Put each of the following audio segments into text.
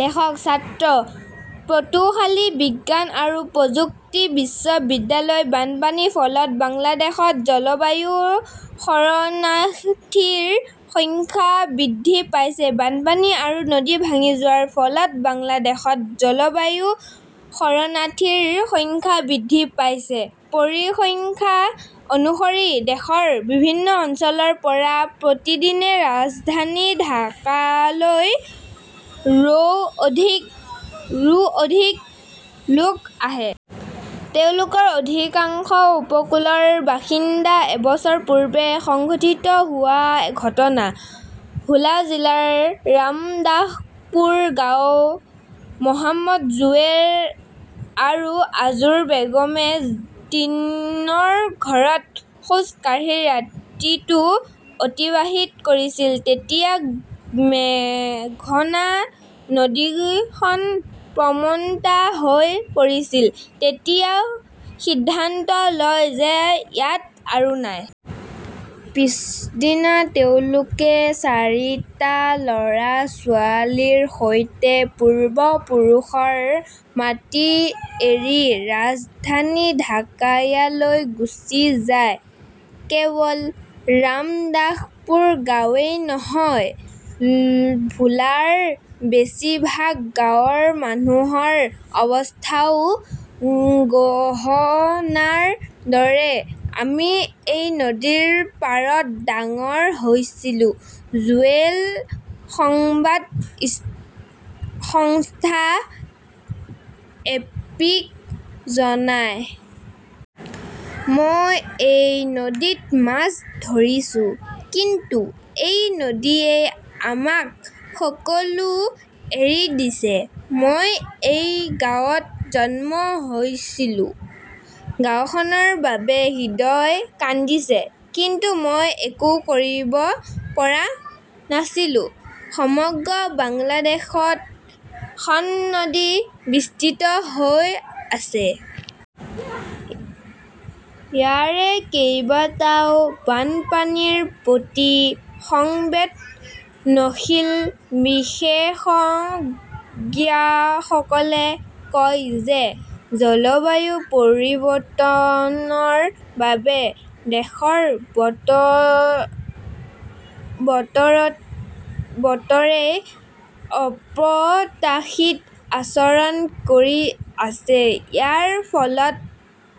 লেখকঃ ছাত্ৰ, পটুখালি বিজ্ঞান আৰু প্ৰযুক্তি বিশ্ববিদ্যালয়। বানপানীৰ ফলত বাংলাদেশত জলবায়ু শৰণাৰ্থীৰ সংখ্যা বৃদ্ধি পাইছে বানপানী আৰু নদী ভাঙি যোৱাৰ ফলত বাংলাদেশত জলবায়ু শৰণাৰ্থীৰ সংখ্যা বৃদ্ধি পাইছে। পৰিসংখ্যা অনুসৰি দেশৰ বিভিন্ন অঞ্চলৰ পৰা প্ৰতিদিনে ৰাজধানী ঢাকালৈ, ৰো অধিক লোক আহে। তেওঁলোকৰ অধিকাংশই উপকূলৰ বাসিন্দা। এবছৰ পূৰ্বে সংঘটিত হোৱা ঘটনা। ভোলা জিলাৰ ৰামদাসপুৰ গাঁও। মহম্মদ জুৱেল আৰু আৰ্জু বেগমে টিনৰ ঘৰত খোজ কাঢ়ি ৰাতিটো অতিবাহিত কৰিছিল যেতিয়া মেঘনা নদীখন প্ৰমট্টা হৈ পৰিছিল। তেতিয়া সিদ্ধান্ত লয় যে ইয়াত আৰু নাই। পিছদিনা তেওঁলোকে চাৰিটা ল "ৰা-ছোৱালীৰ সৈতে পূৰ্বপুৰুষৰ মাটি এৰি ৰাজধানী ঢাকালৈ গুচি যায়। কেৱল ৰামদাসপুৰ গাঁৱেই নহয়, ভোলাৰ বেছিভাগ গাঁৱৰ মানুহৰ অৱস্থাও গহনাৰ দৰে। আমি এই নদীৰ পাৰত ডাঙৰ হৈছিলো ", জুৱেলে সংবাদ সংস্থা এপিক জনায়। মই এই নদীত মাছ ধৰিছো। কিন্তু এই নদীয়ে আমাক সকলো এৰি দিছে। মই এই গাঁৱত জন্ম হৈছিলো। গাওঁখনৰ বাবে হৃদয় কান্দিছে। কিন্তু মই একো কৰিব পৰা নাছিলো। সমগ্ৰ বাংলাদেশত খন নদী বিস্তৃত হৈ আছে। ইয়াৰে কেইবাটাও বানপানীৰ প্ৰতি সংবেদনশীল। বিশেষজ্ঞসকলে কয় যে জলবায়ু পৰিৱৰ্তনৰ বাবে দেশৰ বতৰে অপ্ৰত্যাশিত আচৰণ কৰি আছে। ইয়াৰ ফলত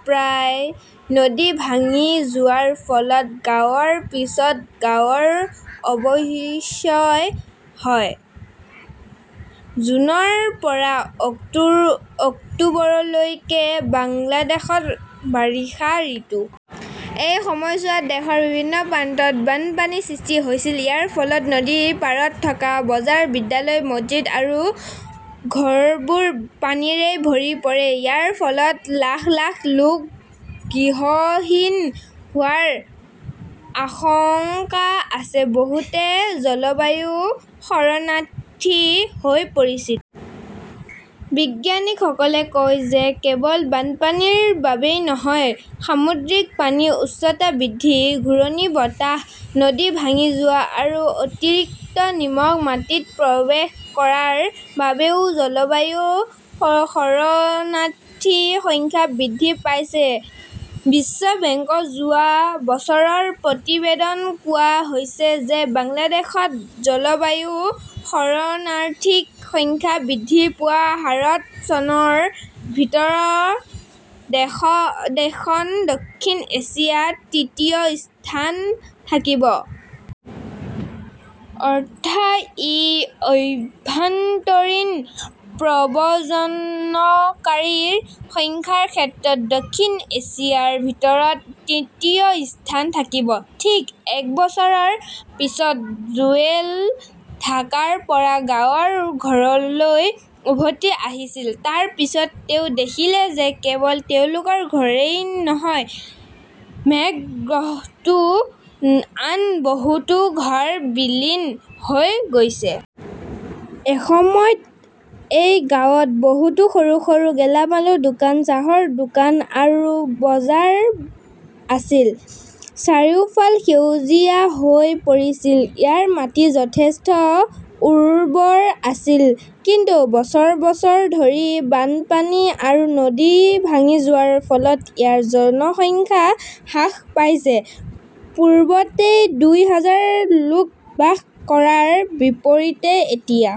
প্ৰায়ে নদী ভাঙি যোৱাৰ ফলত গাঁৱৰ পিছত গাঁৱৰ অৱক্ষয় হয়। জুনৰ পৰা অক্টোবৰলৈকে বাংলাদেশত বাৰিষা ঋতু। এই সময়ছোৱাত দেশৰ বিভিন্ন প্ৰান্তত বানপানীৰ সৃষ্টি হৈছিল। ইয়াৰ ফলত নদীৰ পাৰত থকা বজাৰ, বিদ্যালয়, মছজিদ আৰু ঘৰবোৰ পানীৰে ভৰি পৰে। ইয়াৰ ফলত লাখ লাখ লোক গৃহহীন হোৱাৰ আশংকা আছে। বহুতে 'জলবায়ু শৰণাৰ্থী "হৈ পৰিছিল। বিজ্ঞানীসকলে কয় যে কেৱল বানপানীৰ বাবেই নহয়, সামুদ্ৰিক পানীৰ উচ্চতা বৃদ্ধি, ঘূৰ্ণীবতাহ, নদী ভাঙি যোৱা আৰু অতিৰিক্ত নিমখ মাটিত প্ৰৱেশ কৰাৰ বাবেও জলবায়ু শৰণাৰ্থীৰ সংখ্যা বৃদ্ধি পাইছে। বিশ্ব বেংকৰ যোৱা বছৰৰ প্ৰতিবেদনত কোৱা হৈছে যে বাংলাদেশত জলবায়ু শৰণাৰ্থীৰ সংখ্যা বৃদ্ধি পোৱাৰ হাৰত চনৰ ভিতৰত দেশখন দক্ষিণ এছিয়াত তৃতীয় স্থানত থাকিব। অৰ্থাৎ ই আভ্যন্তৰীণ প্ৰব্ৰজনকাৰীৰ সংখ্যাৰ ক্ষেত্ৰত দক্ষিণ এছিয়াৰ ভিতৰত তৃতীয় স্থানত থাকিব। ঠিক এবছৰৰ পিছত জুৱেল ঢাকাৰ পৰা গাঁৱৰ ঘৰলৈ উভতি আহিছিল। তাৰ পিছত তেওঁ দেখিলে যে কেৱল তেওঁলোকৰ ঘৰেই নহয়, মেঘগ্ৰহতো আন বহুতো ঘৰ বিলীন হৈ গৈছে। এসময়ত এই গাঁৱত বহুতো সৰু সৰু গেলামালৰ দোকান, চাহৰ দোকান আৰু বজাৰ আছিল। চাৰিওফাল সেউজীয়া হৈ পৰিছিল। ইয়াৰ মাটি যথেষ্ট উৰ্বৰ আছিল। কিন্তু বছৰ বছৰ ধৰি বানপানী আৰু নদী ভাঙি যোৱাৰ ফলত ইয়াৰ জনসংখ্যা হ্ৰাস পাইছে। পূৰ্বতে দুই হাজাৰ লোক বাস কৰাৰ বিপৰীতে এতিয়া